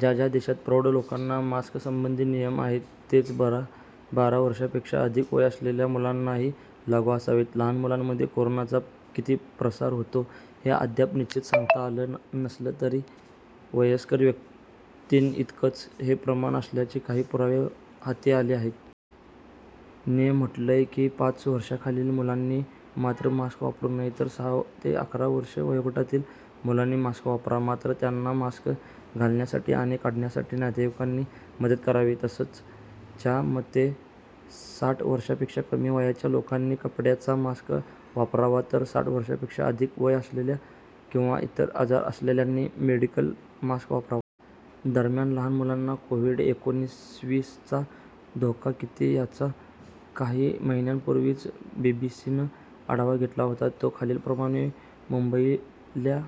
ज्या ज्या देशात प्रौढ लोकांना मास्कसंबंधी नियम आहेत, तेच बारा वर्षांपेक्षा अधिक वय असलेल्या मुलांनाही लागू असावेत. लहान मुलांमध्ये कोरोनाचा किती प्रसार होतो हे अद्याप निश्चित सांगता आलं नसलं तरी वयस्कर व्यक्तींइतकंच हे प्रमाण असल्याचे काही पुरावे हाती आले आहेत. ने म्हटलंय की पाच वर्षांखालील मुलांनी मात्र मास्क वापरू नये. तर सहा ते अकरा वर्षे वयोगटातील मुलांनी मास्क वापरावा, मात्र त्यांना मास्क घालण्यासाठी आणि काढण्यासाठी नातेवाईकांनी मदत करावी. तसंच, च्या मते साठ वर्षांपेक्षा कमी वयाच्या लोकांनी कपड्याचा मास्क वापरावा तर साठ वर्षांपेक्षा अधिक वय असलेल्या किंवा इतर आजार असलेल्यांनी मेडिकल मास्क वापरावा. दरम्यान लहान मुलांना कोव्हिड-एकोणविस चा धोका किती? याचा काही महिन्यांपूर्वीच बीबीसीनं आढावा घेतला होता, तो खालीलप्रमाणे मुंबईल्या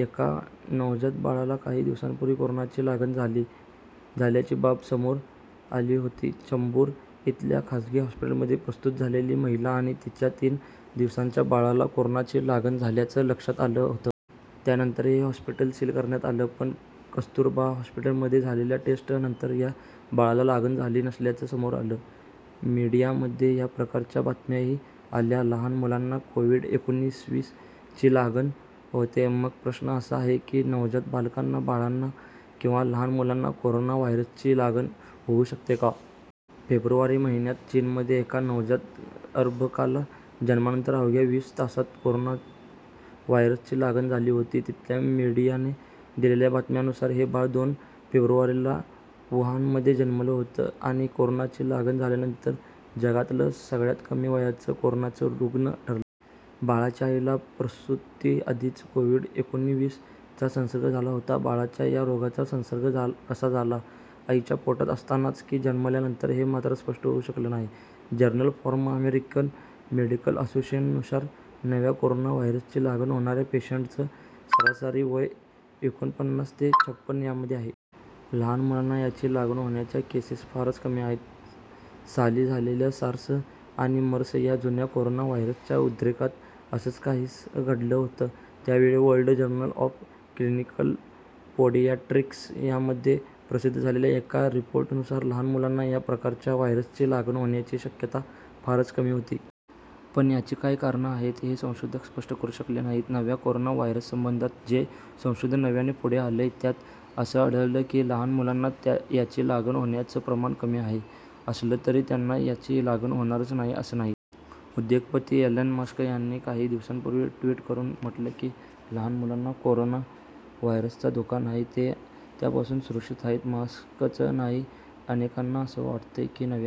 एका नवजात बाळाला काही दिवसांपूर्वी कोरोनाची लागण झाल्याची बाब समोर आली होती. चेंबूर इथल्या खासगी हॉस्पिटलमध्ये प्रसूत झालेली महिला आणि तिच्या तीन दिवसांच्या बाळाला कोरोनाची लागण झाल्याचं लक्षात आलं होतं. त्यानंतर हे हॉस्पिटल सील करण्यात आलं. पण कस्तुरबा हॉस्पिटलमध्ये झालेल्या टेस्ट नंतर या बाळाला लागण झाली नसल्याचं समोर आलं. मीडियामध्ये या प्रकारच्या बातम्याही आल्या. लहान मुलांना कोव्हिड-एकोणविस ची लागण होते? मग प्रश्न असा आहे की नवजात बालकांना, बाळांना किंवा लहान मुलांना कोरोना व्हायरसची लागण होऊ शकते का? फेब्रुवारी महिन्यात चीनमध्ये एका नवजात अर्भकाला जन्मानंतर अवघ्या वीस तासातच कोरोना व्हायरसची लागण झाली होती. तिथल्या मीडियाने दिलेल्या बातम्यांनुसार हे बाळ दोन फेब्रुवारीला वुहानमध्ये जन्मलं होतं आणि कोरोनाची लागण झाल्यानंतर जगातलं सगळ्यात कमी वयाचं कोरोनाचं रूग्ण ठरलं. बाळाच्या आईला प्रसुतीआधीच कोविड-एकोणविस चा संसर्ग झाला होता. बाळाला या रोगाचा संसर्ग कसा झाला, आईच्या पोटात असतानाच की जन्मल्यानंतर हे मात्र स्पष्ट होऊ शकलेलं नाही. जर्नल फॉर अमेरिकन मेडिकल असोसिएशननुसार नव्या कोरोना व्हायरसची लागण होणाऱ्या पेशंट्सचं सरासरी वय एकोणपन्नास ते छपण यामध्ये आहे. लहान मुलांना याची लागण होण्याच्या केसेस फारच कमी आहे. साली झालेल्या सार्स आणि मर्स या जुन्या कोरोना व्हायरसच्या उद्रेकात असंच काहीसं घडलं होतं. त्यावेळी World Journal of Clinical Pediatrics यामध्ये प्रसिद्ध झालेल्या एका रिपोर्टनुसार लहान मुलांना या प्रकारच्या व्हायरसची लागण होण्याची शक्यता फारच कमी होती. पण याची काय कारणं आहेत हे संशोधक स्पष्ट करू शकले नाहीत. नव्या कोरोना व्हायरससंबंधात जे संशोधन नव्याने पुढे आलंय त्यात असं आढळलं की लहान मुलांना याची लागण होण्याचं प्रमाण कमी आहे असलं तरी त्यांना याची लागण होणारच नाही असं नाही. उद्योगपती एलन मस्क यांनी काही दिवसांपूर्वी ट्वीट करून म्हटलं की, लहान मुलांना कोरोना व्हायरसचा धोका नाही, ते त्यापासून सुरक्षित आहेत. मस्कच नाही, अनेकांना असं वाटतंय की नव्या